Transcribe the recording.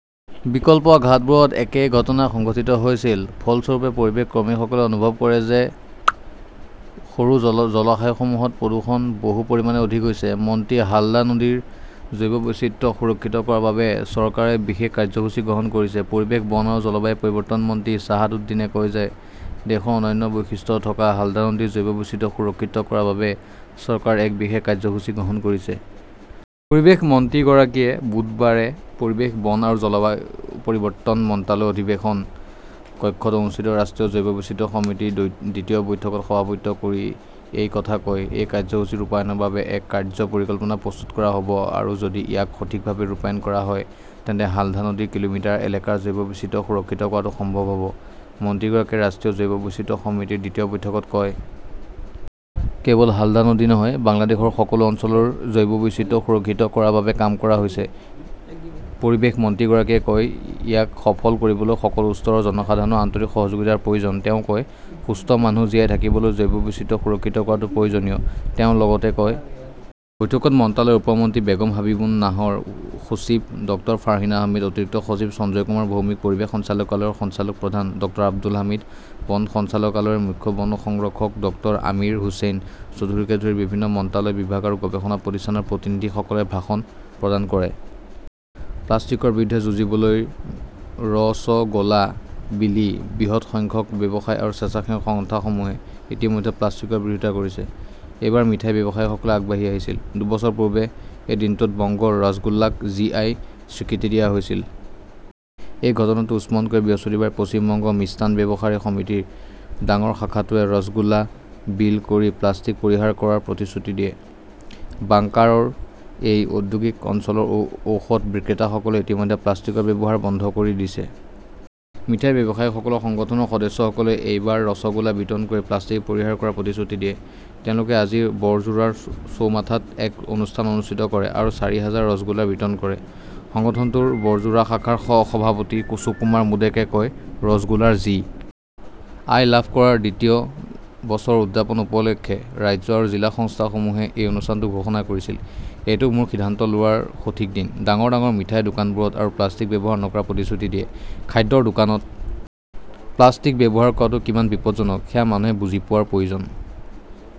বিকল্প ঘাটবোৰতো একেই ঘটনা সংঘটিত হৈছিল। ফলস্বৰূপে, পৰিৱেশ কৰ্মীসকলে অনুভৱ কৰে যে সৰু জলাশয়সমূহত প্ৰদূষণ বহু পৰিমাণে অধিক হৈছে। মন্ত্ৰীঃ হালদা নদীৰ জৈৱ বৈচিত্ৰ্য সুৰক্ষিত কৰাৰ বাবে চৰকাৰে বিশেষ কাৰ্যসূচী গ্ৰহণ কৰিছে পৰিৱেশ, বন আৰু জলবায়ু পৰিৱৰ্তন মন্ত্ৰী শ্বাহাব উদ্দিনে কয় যে দেশৰ অনন্য বৈশিষ্ট্য থকা হালদা নদীৰ জৈৱ বৈচিত্ৰ্য সুৰক্ষিত কৰাৰ বাবে চৰকাৰে এক বিশেষ কাৰ্যসূচী গ্ৰহণ কৰিছে। পৰিৱেশ মন্ত্ৰীগৰাকীয়ে বুধবাৰে পৰিৱেশ, বন আৰু জলবায়ু পৰিৱৰ্তন মন্ত্ৰালয়ৰ অধিৱেশন কক্ষত অনুষ্ঠিত ৰাষ্ট্ৰীয় জৈৱ বৈচিত্ৰ্য সমিতিৰ দ্বিতীয় বৈঠকত সভাপতিত্ব কৰি এই কথা কয়। এই কাৰ্যসূচী ৰূপায়ণৰ বাবে এক কাৰ্য্য পৰিকল্পনা প্ৰস্তুত কৰা হ'ব আৰু যদি ইয়াক সঠিকভাৱে ৰূপায়ণ কৰা হয় তেন্তে হালদা নদীৰ কিলোমিটাৰ এলেকাৰ জৈৱ বৈচিত্ৰ্য সুৰক্ষিত কৰাটো সম্ভৱ হ 'ব, মন্ত্ৰীগৰাকীয়ে ৰাষ্ট্ৰীয় জৈৱ বৈচিত্ৰ্য সমিতিৰ দ্বিতীয় বৈঠকত কয়। "কেৱল হালদা নদী নহয়, বাংলাদেশৰ সকলো অঞ্চলৰ জৈৱ বৈচিত্ৰ্য সুৰক্ষিত কৰাৰ বাবে কাম কৰা হৈছে", পৰিৱেশ মন্ত্ৰীগৰাকীয়ে কয়। "ইয়াক সফল কৰিবলৈ সকলো স্তৰৰ জনসাধাৰণৰ আন্তৰিক সহযোগিতাৰ প্ৰয়োজন", তেওঁ কয়। "সুস্থ মানুহ জীয়াই থাকিবলৈ জৈৱ বৈচিত্ৰ্য সুৰক্ষিত কৰাটো প্ৰয়োজনীয়", তেওঁ লগতে কয়। বৈঠকত মন্ত্ৰালয়ৰ উপ মন্ত্ৰী বেগম হাবিবুন নাহৰ, সচিব ড ফাৰ্হিনা আহমেদ, অতিৰিক্ত সচিব সঞ্জয় কুমাৰ ভৌমিক, পৰিৱেশ সঞ্চালকালয়ৰ সঞ্চালক প্ৰধান ড আব্দুল হামিদ, বন সঞ্চালকালয়ৰ মুখ্য বন সংৰক্ষক ড আমিৰ হোসেন চৌধুৰীকে ধৰি বিভিন্ন মন্ত্ৰালয়, বিভাগ আৰু গৱেষণা প্ৰতিষ্ঠানৰ প্ৰতিনিধিসকলে ভাষণ প্ৰদান কৰে। প্লাষ্টিকৰ বিৰুদ্ধে যুঁজিবলৈ ৰ 'ছ' গ 'লা বিলি বৃহৎ সংখ্যক ব্যৱসায়ী আৰু স্বেচ্ছাসেৱক সংস্থাসমূহে ইতিমধ্যে প্লাষ্টিকৰ বিৰোধিতা কৰিছে। এইবাৰ মিঠাই ব্যৱসায়ীসকলে আগবাঢ়ি আহিছিল। দুবছৰ পূৰ্বে এই দিনটোতে বংগৰ ৰাসগোল্লাক জি. আই. স্বীকৃতি দিয়া হৈছিল। সেই ঘটনাটো স্মৰণ কৰি বৃহস্পতিবাৰে "পশ্চিম বংগ মিষ্টান্ন ব্যৱসায়ী সমিতি"ৰ ডাঙৰ শাখাটোৱে ৰাছগোলা বিল কৰি প্লাষ্টিক পৰিহাৰ কৰাৰ প্ৰতিশ্ৰুতি দিয়ে। বাংকুৰাৰ এই ঔদ্যোগিক অঞ্চলৰ ঔষধ বিক্ৰেতাসকলে ইতিমধ্যে প্লাষ্টিকৰ ব্যৱহাৰ বন্ধ কৰি দিছে। মিঠাই ব্যৱসায়ীসকলৰ সংগঠনৰ সদস্যসকলে এইবাৰ ৰসগোলা বিতৰণ কৰি প্লাষ্টিক পৰিহাৰ কৰাৰ প্ৰতিশ্ৰুতি দিয়ে। তেওঁলোকে আজি বৰজোৰাৰ চৌমাঠাত এক অনুষ্ঠান অনুষ্ঠিত কৰে আৰু চাৰি হাজাৰ ৰাসগোলা বিতৰণ কৰে। সংগঠনটোৰ বৰজোৰা শাখাৰ সভাপতি সুকুমাৰ মোডেকে কয়, "ৰাজগোল্লাৰ জি. আই. লাভ কৰাৰ দ্বিতীয় বছৰ উদযাপন উপলক্ষে ৰাজ্য আৰু জিলা সংস্থাসমূহে এই অনুষ্ঠানটো ঘোষণা কৰিছিল। এইটো মোৰ সিদ্ধান্ত লোৱাৰ সঠিক দিন, ডাঙৰ ডাঙৰ মিঠাইৰ দোকানবোৰত আৰু প্লাষ্টিক ব্যৱহাৰ নকৰাৰ প্ৰতিশ্ৰুতি দিয়া। "খাদ্যৰ দোকানত প্লাষ্টিক ব্যৱহাৰ কৰাটো কিমান বিপজ্জনক সেয়া মানুহে বুজি পোৱাৰ প্ৰয়োজন